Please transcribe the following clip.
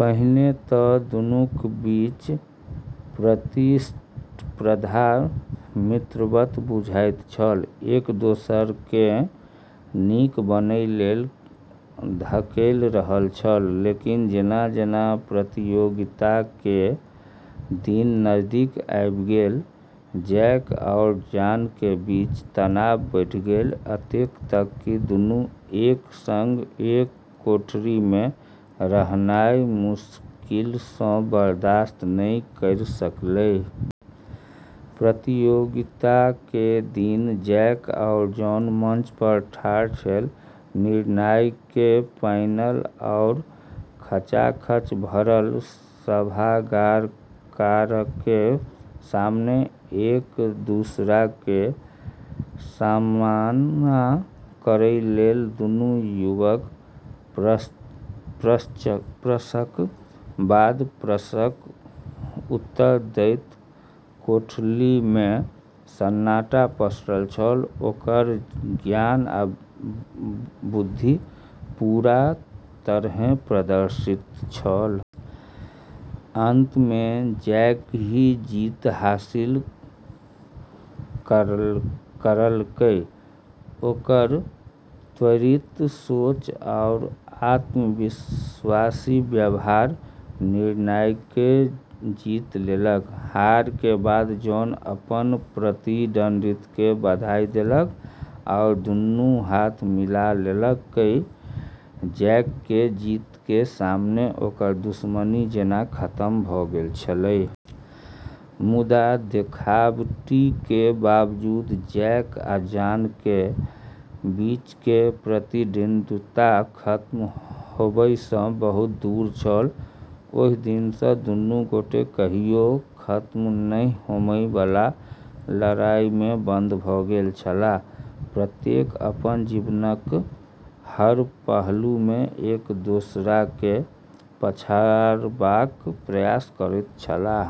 पहिने त' दुन्नूक बीचक प्रतिस्पर्धा मित्रवत बुझाइत छल, एक-दोसरकेँ नीक बनय लेल धकेलि रहल छल। लेकिन जेना-जेना प्रतियोगिताके दिन नजदीक आबि गेलै, जैक आओर जॉनके बीच तनाव बढ़ि गेलै, अतेक तक कि दुन्नू एक सङ्ग एक कोठरीमे रहनाइ मुश्किलसँ बर्दाश्त नै करि सकलै। प्रतियोगिताके दिन जैक आओर जॉन मंच पर ठार छलै, निर्णायकके पैनल आओर खचाखच भरल सभागारके सामने एक-दूसराके सामना करै लेल । दुन्नू युवक प्रश्नक बाद प्रश्नक उत्तर दैत कोठलीमे सन्नाटा पसरल छल, ओकर ज्ञान आ बुद्धि पूरा तरहेँ प्रदर्शित छल। अंतमे जैक ही जीत हासिल करलकै, ओकर त्वरित सोच आओर आत्मविश्वासी व्यवहार निर्णायकके जीति लेलकै। हारके बाद जॉन अपन प्रतिद्वंदीके बधाई देलकै आओर दुन्नू हाथ मिला लेलकै, जैकके जीतके सामने ओकर दुश्मनी जेना खतम भ' गेल छलै। मुदा देखाबटीके बावजूद जैक आ जॉनके बीचके प्रतिद्वंद्विता खत्म होबयसँ बहुत दूर छल । ओहि दिनसँ दुन्नू गोटे कहियो खत्म नहि होमय बला लड़ाईमे बंद भ' गेल छलाह, प्रत्येक अपन जीवनक हर पहलूमे एक दोसराकेँ पछाड़बाक प्रयास करैत छलाह ।